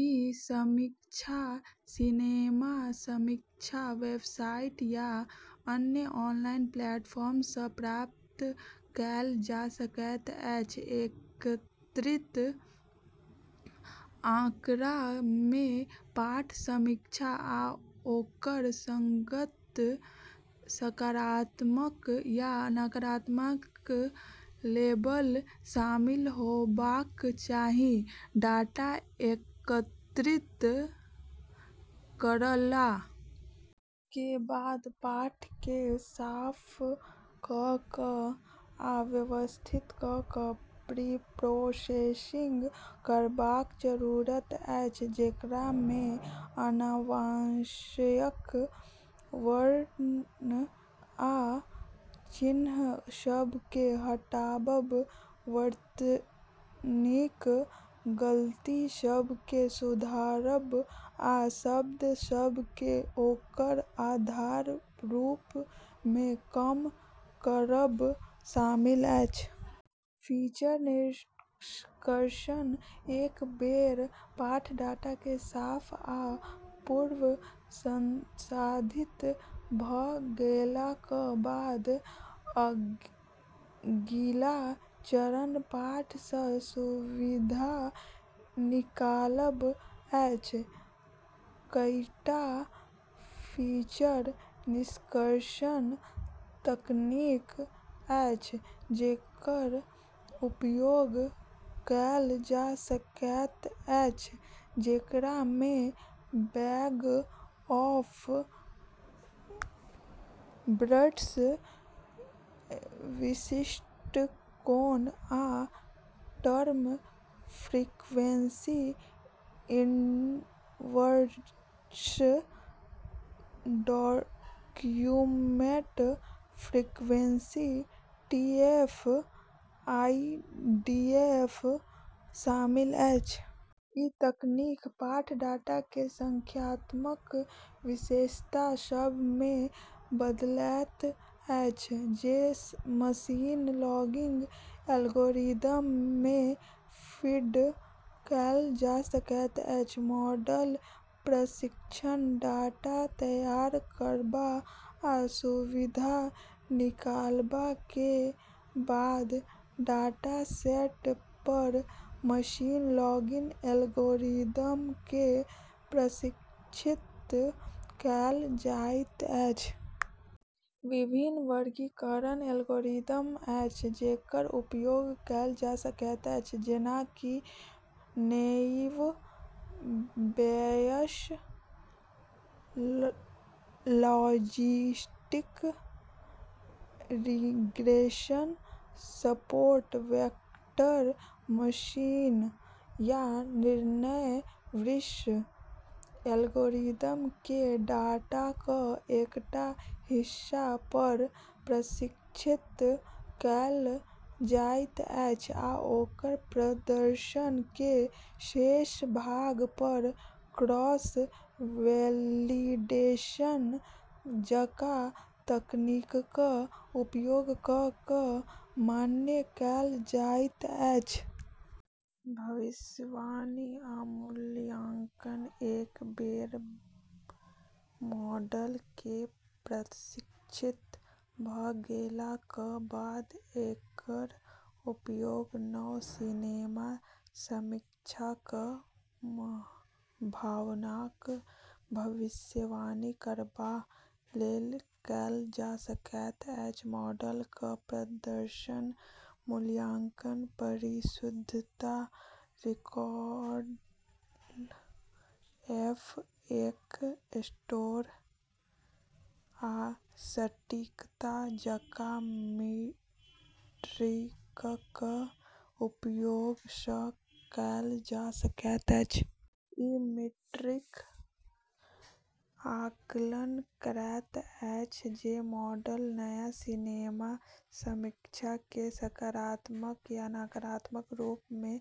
ई समीक्षा सिनेमा समीक्षा वेबसाइट या अन्य ऑनलाइन प्लेटफॉर्म सँ प्राप्त कएल जा सकैत अछि। एकत्रित आँकड़ा मे पाठ समीक्षा आ ओकर संगत सकारात्मक या नकारात्मक लेबल शामिल होबाक चाही। डाटा एकत्रित करला के बाद पाठ केँ साफ कऽ कऽ आ व्यवस्थित कऽ कऽ प्रीप्रोसेसिंग करबाक जरूरत अछि, जेकरा मे अनावश्यक वर्ण आ चिन्ह सभ केँ हटाबब, वर्तनीक गलती सभ केँ सुधारब आ शब्द सभ केँ ओकर आधार रूप मे कम करब शामिल अछि। फीचर निष्कर्षण एक बेर पाठ डाटा केँ साफ आ पूर्व संसाधित भऽ गेलाक बाद, अगिला चरण पाठ सँ सुविधा निकालब अछि। कईटा फीचर निष्कर्षण तकनीक अछि जेकर उपयोग कएल जा सकैत अछि, जेकरा मे बैग-ऑफ-वर्ड्स दृष्टिकोण आ term frequency inverse document frequency (TF IDF) शामिल अछि। ई तकनीक पाठ डाटा केँ संख्यात्मक विशेषता सभ मे बदलैत अछि जे मशीन लर्निंग एल्गोरिदम मे फीड कएल जा सकैत अछि। मॉडल प्रशिक्षण डाटा तैयार करबा आ सुविधा निकालबा के बाद डाटासेट पर मशीन लर्निंग एल्गोरिदम केँ प्रशिक्षित कएल जाइत अछि। विभिन्न वर्गीकरण एल्गोरिदम अछि जेकर उपयोग कएल जा सकैत अछि, जेना कि naive Bayes, logistic regression, support vector machine, या निर्णय वृक्ष। एल्गोरिदम केँ डाटाक एकटा हिस्सा पर प्रशिक्षित कएल जाइत अछि आ ओकर प्रदर्शन केँ शेष भाग पर क्रॉस-वैलिडेशन जकाँ तकनीकक उपयोग कऽ कऽ मान्य कएल जाइत अछि। भविष्यवाणी आ मूल्यांकन एक बेर मॉडल केँ प्रशिक्षित भऽ गेलाक बाद एकर उपयोग नव सिनेमा समीक्षाक भावनाक भविष्यवाणी करबा लेल कएल जा सकैत अछि। मॉडलक प्रदर्शनक मूल्यांकन परिशुद्धता, रिकॉल, एफ-एक स्कोर, आ सटीकता जकाँ मीट्रिकक उपयोग सँ कएल जा सकैत अछि। ई मीट्रिक आकलन करैत अछि जे मॉडल नया सिनेमा समीक्षा केँ सकारात्मक या नकारात्मक रूप मे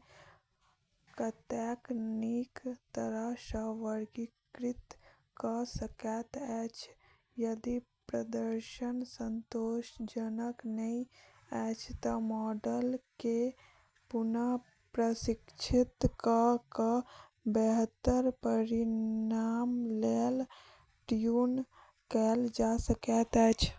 कतेक नीक तरह सँ वर्गीकृत कऽ सकैत अछि। यदि प्रदर्शन संतोषजनक नहि अछि तँ मॉडल केँ पुनः प्रशिक्षित कऽ कऽ बेहतर परिणाम लेल ट्यून कएल जा सकैत अछि।